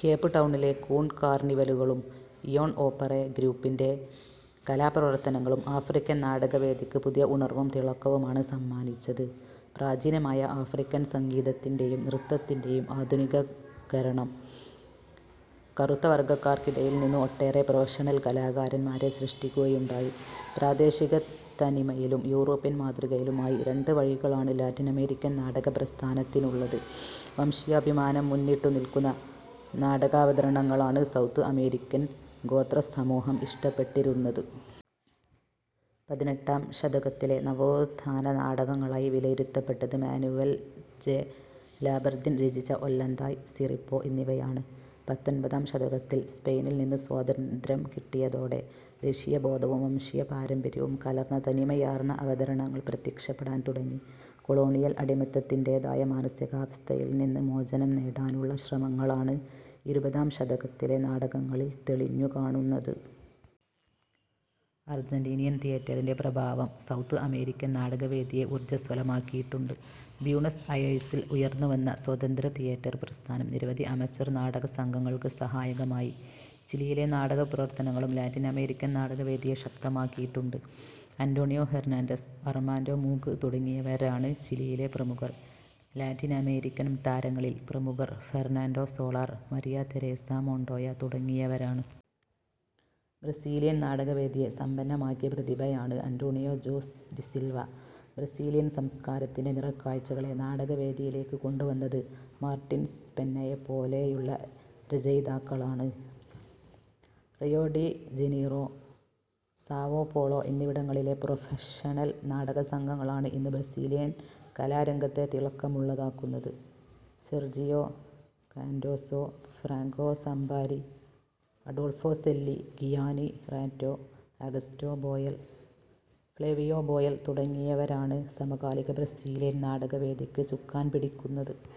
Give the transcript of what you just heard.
Cape ടൌണിലെ Coon കാർണിവലുകളും Eoan ഓപ്പറെ ഗ്രൂപ്പിന്റെ കലാപ്രവർത്തനങ്ങളും ആഫ്രിക്കൻ നാടകവേദിക്ക് പുതിയ ഉണർവും തിളക്കവുമാണ് സമ്മാനിച്ചത്. പ്രാചീനമായ ആഫ്രിക്കൻ സംഗീതത്തിന്റെയും നൃത്തത്തിന്റെയും ആധുനികരണം കറുത്തവർഗക്കാർക്കിടയിൽനിന്ന് ഒട്ടേറെ പ്രൊഫഷണൽ കലാകാരന്മാരെ സൃഷ്ടിക്കുകയുണ്ടായി. പ്രാദേശികത്തനിമയിലും യൂറോപ്യൻ മാതൃകയിലുമായി രണ്ട് വഴികളാണ് ലാറ്റിനമേരിക്കൻ നാടകപ്രസ്ഥാനത്തിനുള്ളത്. വംശീയാഭിമാനം മുന്നിട്ടു നില്ക്കുന്ന നാടകാവതരണങ്ങളാണ് സൗത്ത് അമേരിക്കൻ ഗോത്രസമൂഹം ഇഷ്ടപ്പെട്ടിരുന്നത്. പതിനെട്ടാം ശതകത്തിലെ നവോത്ഥാന നാടകങ്ങളായി വിലയിരുത്തപ്പെട്ടത് മാനുവൽ ജെ. ലാബർദിൻ രചിച്ച ഒല്ലന്തായ്, സിറിപ്പോ എന്നിവയാണ്. പത്തൊൻപതാം ശതകത്തിൽ സ്പെയിനിൽ നിന്ന് സ്വാതന്ത്യ്രം കിട്ടിയതോടെ, ദേശീയബോധവും വംശീയപാരമ്പര്യവും കലർന്ന തനിമയാർന്ന അവതരണങ്ങൾ പ്രത്യക്ഷപ്പെടാൻ തുടങ്ങി. കൊളോണിയൽ അടിമത്തത്തിന്റേതായ മാനസികാവസ്ഥയിൽ നിന്ന് മോചനം നേടാനുള്ള ശ്രമങ്ങളാണ് ഇരുപതാം ശതകത്തിലെ നാടകങ്ങളിൽ തെളിഞ്ഞു കാണുന്നത്. അർജന്റീനിയൻ തിയേറ്ററിന്റെ പ്രഭാവം, സൗത്ത് അമേരിക്കൻ നാടകവേദിയെ ഊർജസ്വലമാക്കിയിട്ടുണ്ട്. ബ്യൂണസ് അയേഴ്സിൽ ഉയർന്നുവന്ന സ്വതന്ത്ര തിയേറ്റർ പ്രസ്ഥാനം നിരവധി അമച്വർ നാടകസംഘങ്ങൾക്ക് സഹായകമായി. ചിലിയിലെ നാടകപ്രവർത്തനങ്ങളും ലാറ്റിൻ-അമേരിക്കൻ നാടകവേദിയെ ശക്തമാക്കിയിട്ടുണ്ട്. ആന്റോണിയോ ഹെർനാന്റസ്, അർമാന്റോ മൂക്ക് തുടങ്ങിയവരാണ് ചിലിയിലെ പ്രമുഖർ. ലാറ്റിനമേരിക്കൻ താരങ്ങളിൽ പ്രമുഖർ Fernando Soler, Maria Teresa Montoya തുടങ്ങിയവരാണ്. ബ്രസീലിയൻ നാടകവേദിയെ സമ്പന്നമാക്കിയ പ്രതിഭയാണ് അന്റോണിയോ ജോസ് ഡിസിൽവ. ബ്രസീലിയൻ സംസ്കാരത്തിന്റെ നിറക്കാഴ്ചകളെ നാടകവേദിയിലേക്ക് കൊണ്ടുവന്നത് മാർട്ടിൻസ്പെന്നയെപ്പോലെയുള്ള രചയിതാക്കളാണ്. റിയോ-ഡി-ജനീറോ, സാവോപോളോ എന്നിവിടങ്ങളിലെ പ്രൊഫഷണൽ നാടകസംഘങ്ങളാണ് ഇന്ന് ബ്രസീലിയൻ കലാരംഗത്തെ തിളക്കമുള്ളതാക്കുന്നത്. Sergio Cardoso, Franco Zampari, Adolfo Celi, Gianni Ratto, Augusto Boal, Flavio Boal തുടങ്ങിയവരാണ് സമകാലിക ബ്രസീലിയൻ നാടകകവേദിക്ക് ചുക്കാൻ പിടിക്കുന്നത്.